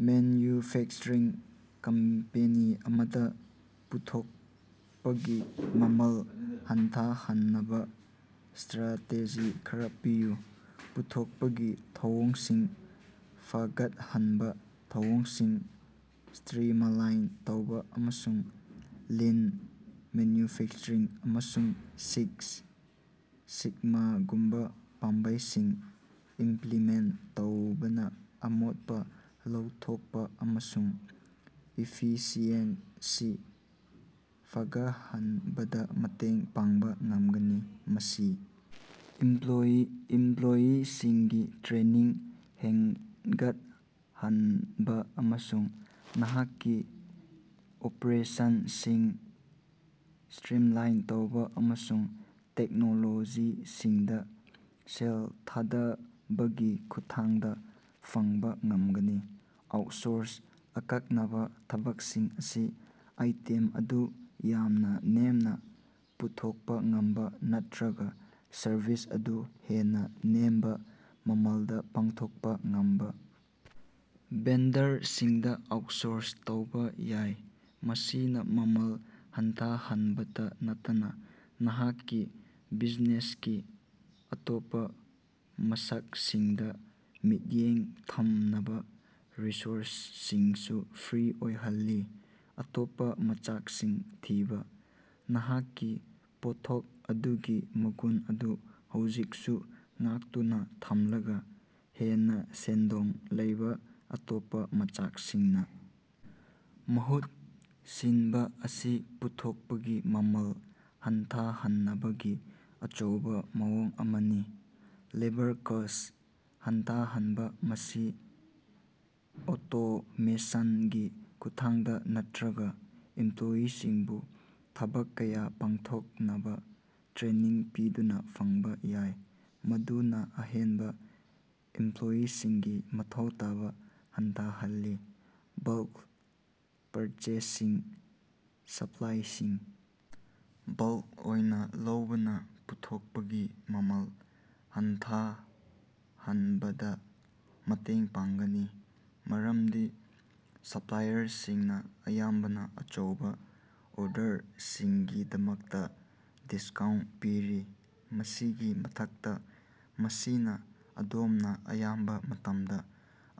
Manufacturing company ꯑꯃꯗ ꯄꯨꯊꯣꯛꯄꯒꯤ ꯃꯃꯜ ꯍꯟꯊꯍꯟꯅꯕ ꯁ꯭ꯇꯔꯥꯇꯦꯖꯤ ꯈꯔ ꯄꯤꯌꯨ꯫ ꯄꯨꯊꯣꯛꯄꯒꯤ ꯊꯧꯑꯣꯡꯁꯤꯡ ꯐꯒꯠꯍꯟꯕ: ꯊꯧꯑꯣꯡꯁꯤꯡ ꯁ꯭ꯇꯔꯤꯃꯂꯥꯏꯟ ꯇꯧꯕ ꯑꯃꯁꯨꯡ ꯂꯤꯟ ꯃꯦꯟꯌꯨꯐꯦꯀꯆꯔꯤꯡ ꯑꯃꯁꯨꯡ ꯁꯤꯛꯁ ꯁꯤꯒꯃꯥꯒꯨꯝꯕꯥ ꯄꯥꯝꯕꯩꯁꯤꯡ ꯏꯝꯞꯂꯤꯃꯦꯟꯇ ꯇꯧꯕꯅ ꯑꯃꯣꯠꯄ ꯂꯧꯊꯣꯛꯄ ꯑꯃꯁꯨꯡ ꯏꯐꯤꯁꯤꯑꯦꯟꯁꯤ ꯐꯒꯠꯍꯟꯕꯗ ꯃꯇꯦꯡ ꯄꯥꯡꯕ ꯉꯝꯒꯅꯤ꯫ ꯃꯁꯤ ꯏꯝꯞꯂꯣꯌꯤꯁꯤꯡꯒꯤ ꯇ꯭ꯔꯦꯅꯤꯡ ꯍꯦꯟꯒꯠꯍꯟꯕ ꯑꯃꯁꯨꯡ ꯅꯍꯥꯛꯀꯤ ꯑꯣꯄꯔꯦꯁꯟꯁꯤꯡ ꯁ꯭ꯇ꯭ꯔꯤꯃꯂꯥꯏꯟ ꯇꯧꯕ ꯑꯃꯁꯨꯡ ꯇꯦꯛꯅꯣꯂꯣꯖꯤꯁꯤꯡꯗ ꯁꯦꯜ ꯊꯥꯗꯕꯒꯤ ꯈꯨꯠꯊꯥꯡꯗ ꯐꯪꯕ ꯉꯝꯒꯅꯤ꯫ ꯑꯥꯎꯠꯁꯣꯔꯁ: ꯑꯀꯛꯅꯕ ꯊꯕꯛꯁꯤꯡ ꯑꯁꯤ ꯑꯥꯏꯇꯦꯝ ꯑꯗꯨ ꯌꯥꯝꯅ ꯅꯦꯝꯅ ꯄꯨꯊꯣꯛꯄ ꯉꯝꯕ ꯅꯠꯇ꯭ꯔꯒ ꯁꯔꯚꯤꯁ ꯑꯗꯨ ꯍꯦꯟꯅ ꯅꯦꯝꯕ ꯃꯃꯜꯗ ꯄꯥꯡꯊꯣꯛꯄ ꯉꯝꯕ ꯚꯦꯟꯗꯔꯁꯤꯡꯗ ꯑꯥꯎꯠꯁꯣꯔꯁ ꯇꯧꯕ ꯌꯥꯏ꯫ ꯃꯁꯤꯅ ꯃꯃꯜ ꯍꯟꯊꯍꯟꯕꯇ ꯅꯠꯇꯅ ꯅꯍꯥꯛꯀꯤ ꯕꯤꯖꯤꯅꯦꯁꯀꯤ ꯑꯇꯣꯞꯄ ꯃꯁꯛꯁꯤꯡꯗ ꯃꯤꯠꯌꯦꯡ ꯊꯝꯅꯕ ꯔꯤꯁꯣꯔꯁꯁꯤꯡꯁꯨ ꯐ꯭ꯔꯤ ꯑꯣꯏꯍꯜꯂꯤ꯫ ꯑꯇꯣꯞꯄ ꯃꯆꯥꯛꯁꯤꯡ ꯊꯤꯕ: ꯅꯍꯥꯛꯀꯤ ꯄꯣꯠꯊꯣꯛ ꯑꯗꯨꯒꯤ ꯃꯒꯨꯟ ꯑꯗꯨ ꯍꯧꯖꯤꯛꯁꯨ ꯉꯥꯛꯇꯨꯅ ꯊꯝꯂꯒ ꯍꯦꯟꯅ ꯁꯦꯟꯗꯣꯡ ꯂꯩꯕ ꯑꯇꯣꯞꯄ ꯃꯆꯥꯛꯁꯤꯡꯅ ꯃꯍꯨꯠ ꯁꯤꯟꯕ ꯑꯁꯤ ꯄꯨꯊꯣꯛꯄꯒꯤ ꯃꯃꯜ ꯍꯟꯊꯍꯟꯅꯕꯒꯤ ꯑꯆꯧꯕ ꯃꯑꯣꯡ ꯑꯃꯅꯤ꯫ ꯂꯦꯕꯔ ꯀꯣꯁ꯭ꯠ ꯍꯟꯊꯍꯟꯕ ꯃꯁꯤ ꯑꯣꯇꯣꯃꯦꯁꯟꯒꯤ ꯈꯨꯠꯊꯥꯡꯗ ꯅꯠꯇ꯭ꯔꯒ ꯏꯝꯄꯂꯣꯌꯤꯁꯤꯡꯕꯨ ꯊꯕꯛ ꯀꯌꯥ ꯄꯥꯡꯊꯣꯛꯅꯕ ꯇ꯭ꯔꯦꯅꯤꯡ ꯄꯤꯗꯨꯅ ꯐꯪꯕ ꯌꯥꯏ꯫ ꯃꯗꯨꯅ ꯑꯍꯦꯟꯕ ꯏꯝꯄꯂꯣꯌꯤꯁꯤꯡꯒꯤ ꯃꯊꯧ ꯇꯥꯕ ꯍꯟꯊꯍꯜꯂꯤ꯫ ꯕꯜꯀ ꯄꯔꯆꯦꯖꯁꯤꯡ ꯁꯞꯂꯥꯏꯁꯤꯡ ꯕꯜꯀ ꯑꯣꯏꯅ ꯂꯧꯕꯅ ꯄꯨꯊꯣꯛꯄꯒꯤ ꯃꯃꯜ ꯍꯟꯊꯍꯟꯕꯗ ꯃꯇꯦꯡ ꯄꯥꯡꯒꯅꯤ꯫ ꯃꯔꯝꯗꯤ ꯁꯞꯂꯥꯏꯌꯔꯁꯤꯡꯅ ꯑꯌꯥꯝꯕꯅ ꯑꯆꯧꯕ ꯑꯣꯔꯗꯔꯁꯤꯡꯒꯤꯗꯃꯛꯇ ꯗꯤꯁꯀꯥꯎꯟꯇ ꯄꯤꯔꯤ꯫ ꯃꯁꯤꯒꯤ ꯃꯊꯛꯇ ꯃꯁꯤꯅ ꯑꯗꯣꯝꯅ ꯑꯌꯥꯝꯕ ꯃꯇꯝꯗ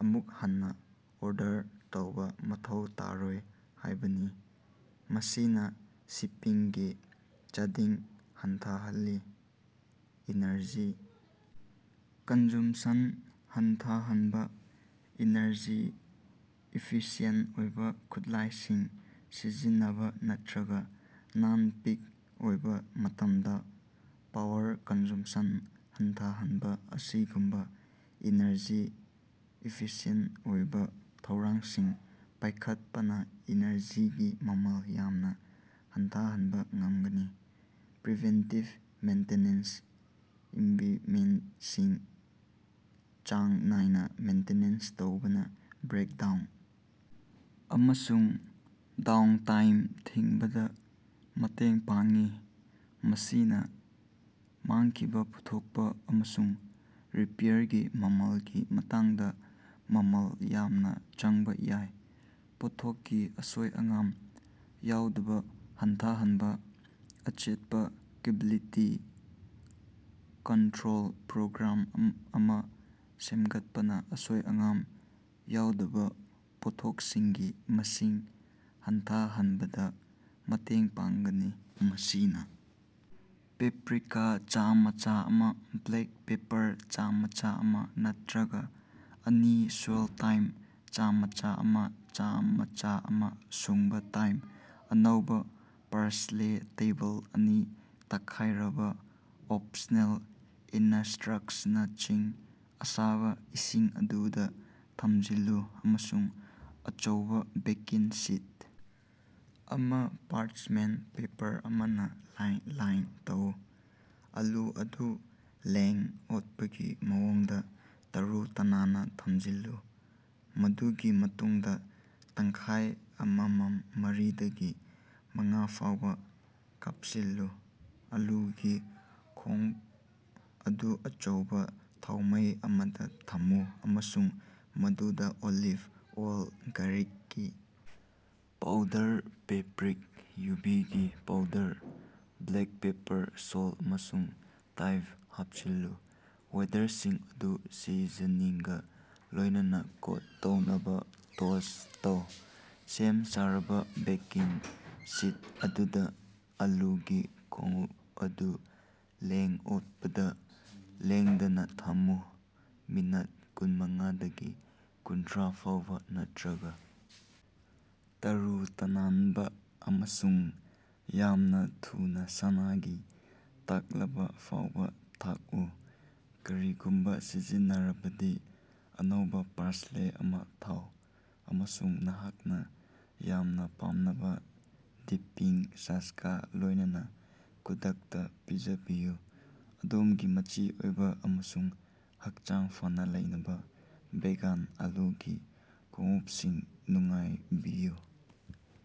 ꯑꯃꯨꯛ ꯍꯟꯅ ꯑꯣꯔꯗꯔ ꯇꯧꯕ ꯃꯊꯧ ꯇꯥꯔꯣꯏ ꯍꯥꯏꯕꯅꯤ ꯃꯁꯤꯅꯥ ꯁꯤꯄꯤꯡꯒꯤ ꯆꯥꯗꯤꯡ ꯍꯟꯊꯍꯜꯂꯤ꯫ ꯏꯅꯔꯖꯤ ꯀꯟꯖꯨꯝꯄꯁꯟ ꯍꯟꯊꯍꯟꯕ: ꯏꯅꯔꯖꯤ ꯏꯐꯤꯁꯤꯌꯦꯟꯇ ꯑꯣꯏꯕ ꯈꯨꯠꯂꯥꯏꯁꯤꯡ ꯁꯤꯖꯤꯟꯅꯕ ꯅꯠꯇ꯭ꯔꯒ ꯅꯟ-ꯄꯤꯛ ꯑꯣꯏꯕ ꯃꯇꯝꯗ ꯄꯥꯋꯔ ꯀꯟꯖꯨꯝꯄꯁꯟ ꯍꯟꯊꯍꯟꯕ ꯑꯁꯤꯒꯨꯝꯕ ꯏꯅꯔꯖꯤ ꯏꯐꯤꯁꯤꯌꯦꯟꯇ ꯑꯣꯏꯕꯥ ꯊꯧꯔꯥꯡꯁꯤꯡ ꯄꯥꯌꯈꯠꯄꯅꯥ ꯏꯅꯔꯖꯤꯒꯤ ꯃꯃꯜ ꯌꯥꯝꯅ ꯍꯟꯊꯍꯟꯕ ꯉꯝꯒꯅꯤ꯫ ꯄ꯭ꯔꯤꯚꯦꯟꯇꯤꯕ ꯃꯦꯟꯇꯦꯅꯦꯟꯁ: ꯏꯪꯕꯤꯄꯃꯦꯟꯇꯁꯤꯡ ꯆꯥꯡ ꯅꯥꯏꯅ ꯃꯦꯟꯇꯤꯅꯦꯟꯁ ꯇꯧꯕꯅ ꯕ꯭ꯔꯦꯛꯗꯥꯎꯟ ꯑꯃꯁꯨꯡ ꯗꯥꯎꯅꯇꯥꯏꯝ ꯊꯤꯡꯕꯗ ꯃꯇꯦꯡ ꯄꯥꯡꯏ꯫ ꯃꯁꯤꯅ ꯃꯥꯡꯈꯤꯕ ꯄꯨꯊꯣꯛꯄ ꯑꯃꯁꯨꯡ ꯔꯤꯄꯦꯌꯔꯒꯤ ꯃꯃꯜꯒꯤ ꯃꯇꯥꯡꯗ ꯃꯃꯜ ꯌꯥꯝꯅ ꯆꯪꯕ ꯌꯥꯏ꯫ꯄꯣꯠꯊꯣꯛꯀꯤ ꯑꯁꯣꯏ-ꯑꯉꯥꯝ ꯌꯥꯎꯗꯕ ꯍꯟꯊꯍꯟꯕ: ꯑꯆꯦꯠꯄ ꯀ꯭ꯕꯥꯂꯤꯇꯤ ꯀꯟꯇ꯭ꯔꯣꯜ ꯄ꯭ꯔꯣꯒ꯭ꯔꯥꯝ ꯑꯃ ꯁꯦꯝꯒꯠꯄꯅ ꯑꯁꯣꯏ-ꯑꯉꯥꯝ ꯌꯥꯎꯗꯕ ꯄꯣꯠꯊꯣꯛꯁꯤꯡꯒꯤ ꯃꯁꯤꯡ ꯍꯟꯊꯍꯟꯕꯗ ꯃꯇꯦꯡ ꯄꯥꯡꯒꯅꯤ꯫ ꯃꯁꯤꯅ ꯄꯦꯄ꯭ꯔꯤꯀꯥ ꯆꯥꯃꯆ ꯑꯃ ꯕ꯭ꯂꯦꯛ ꯄꯦꯄꯔ ꯆꯥꯃꯆ ꯑꯃ ꯅꯠꯇ꯭ꯔꯒ ꯑꯅꯤ ꯁꯣꯜꯇ ꯊꯥꯏꯝ ꯆꯃꯆ ꯑꯃ ꯆꯥꯃꯆ ꯑꯃ ꯁꯨꯡꯕ ꯊꯥꯏꯝ꯫ -ꯑꯅꯧꯕ ꯄꯥꯔꯁꯂꯦ ꯇꯦꯕꯜ ꯑꯅꯤ ꯇꯛꯈꯥꯏꯔꯕ (ꯑꯣꯄꯁꯅꯦꯜ) ꯏꯅꯁ꯭ꯇꯔꯛꯁꯅꯁꯤꯡ: ꯑꯁꯥꯕꯥ ꯏꯁꯤꯡ ꯑꯗꯨ ꯗꯥ ꯊꯝꯖꯤꯜꯂꯨ ꯑꯃꯁꯨꯡ ꯑꯆꯧꯕ ꯕꯦꯀꯤꯡ ꯁꯤꯠ ꯑꯃ ꯄꯥꯔꯆꯃꯦꯟꯇ ꯄꯦꯄꯔ ꯑꯃꯅ ꯂꯥꯏꯟ ꯇꯧ꯫ ꯑꯥꯂꯨ ꯑꯗꯨ ꯂꯦꯡ-ꯑꯣꯠꯄꯒꯤ ꯃꯑꯣꯡꯗ ꯇꯔꯨ-ꯇꯅꯥꯟꯅ ꯊꯝꯖꯤꯜꯂꯨ꯫ ꯃꯗꯨꯒꯤ ꯃꯇꯨꯡꯗ ꯇꯪꯈꯥꯏ ꯑꯃꯃꯝ ꯃꯔꯤ ꯗꯒꯤ ꯃꯉꯥ ꯐꯥꯎꯕ ꯀꯥꯄꯁꯤꯜꯂꯨ꯫ ꯑꯥꯂꯨꯒꯤ ꯈꯣꯡꯎꯞ ꯑꯗꯨ ꯑꯆꯧꯕ ꯊꯥꯎꯃꯩ ꯑꯃꯗ ꯊꯝꯃꯨ ꯑꯃꯁꯨꯡ ꯃꯗꯨꯗ ꯑꯣꯂꯤꯚ ꯑꯣꯜ, ꯒꯥꯔꯤꯛꯀꯤ ꯄꯥꯎꯗꯔ, ꯄꯦꯄꯔꯤꯛ, ꯌꯨꯕꯤꯒꯤ ꯄꯥꯎꯗꯔ, ꯕ꯭ꯂꯦꯛ ꯄꯦꯄꯔ, ꯁꯣꯜꯇ ꯑꯃꯁꯨꯡ ꯊꯥꯏꯝ ꯍꯥꯄꯆꯤꯜꯂꯨ꯫ ꯋꯦꯗꯔꯁꯤꯡ ꯑꯗꯨ ꯁꯤꯖꯅꯤꯡꯒꯥ ꯂꯣꯌꯅꯅꯥ ꯀꯣꯠ ꯇꯧꯅꯕꯥ ꯇꯣꯁ ꯇꯧ꯫ ꯁꯦꯝ-ꯁꯥꯔꯕꯥ ꯕꯦꯀꯤꯡ ꯁꯤꯠ ꯑꯗꯨꯗꯥ ꯑꯥꯂꯨꯒꯤ ꯈꯣꯡꯎꯞ ꯑꯗꯨ ꯂꯦꯡ-ꯑꯣꯠꯄꯗ ꯂꯦꯡꯗꯅꯥ ꯊꯝꯃꯨ꯫ ꯃꯤꯅꯠ ꯀꯨꯟꯃꯉꯥꯗꯒꯤ ꯀꯨꯟꯊ꯭ꯔꯥ ꯐꯥꯎꯕ ꯅꯠꯇ꯭ꯔꯒ ꯇꯔꯨ-ꯇꯅꯥꯟꯕ ꯑꯃꯁꯨꯡ ꯌꯥꯝꯅ ꯊꯨꯅ ꯁꯅꯥꯒꯤ ꯇꯛꯂꯕ ꯐꯥꯎꯕꯥ ꯊꯛꯎ꯫ ꯀꯔꯤꯒꯨꯝꯕ ꯁꯤꯖꯤꯟꯅꯔꯕꯗꯤ, ꯑꯅꯧꯕ ꯄꯥꯔꯁꯂꯦ ꯑꯃ ꯊꯥꯎ, ꯑꯃꯁꯨꯡ ꯅꯍꯥꯛꯅꯥ ꯌꯥꯝꯅꯥ ꯄꯥꯝꯅꯕ ꯗꯤꯞꯄꯤꯡ ꯁꯁꯀꯥ ꯂꯣꯏꯅꯅ ꯈꯨꯗꯛꯇ ꯄꯤꯖꯕꯤꯌꯨ꯫ ꯑꯗꯣꯝꯒꯤ ꯃꯆꯤ ꯑꯣꯏꯕ ꯑꯃꯁꯨꯡ ꯍꯛꯆꯥꯡ ꯐꯅ ꯂꯩꯅꯕ ꯚꯦꯒꯥꯟ ꯑꯥꯂꯨꯒꯤ ꯈꯣꯡꯎꯄꯁꯤꯡ ꯅꯨꯡꯉꯥꯏꯕꯤꯌꯨ꯫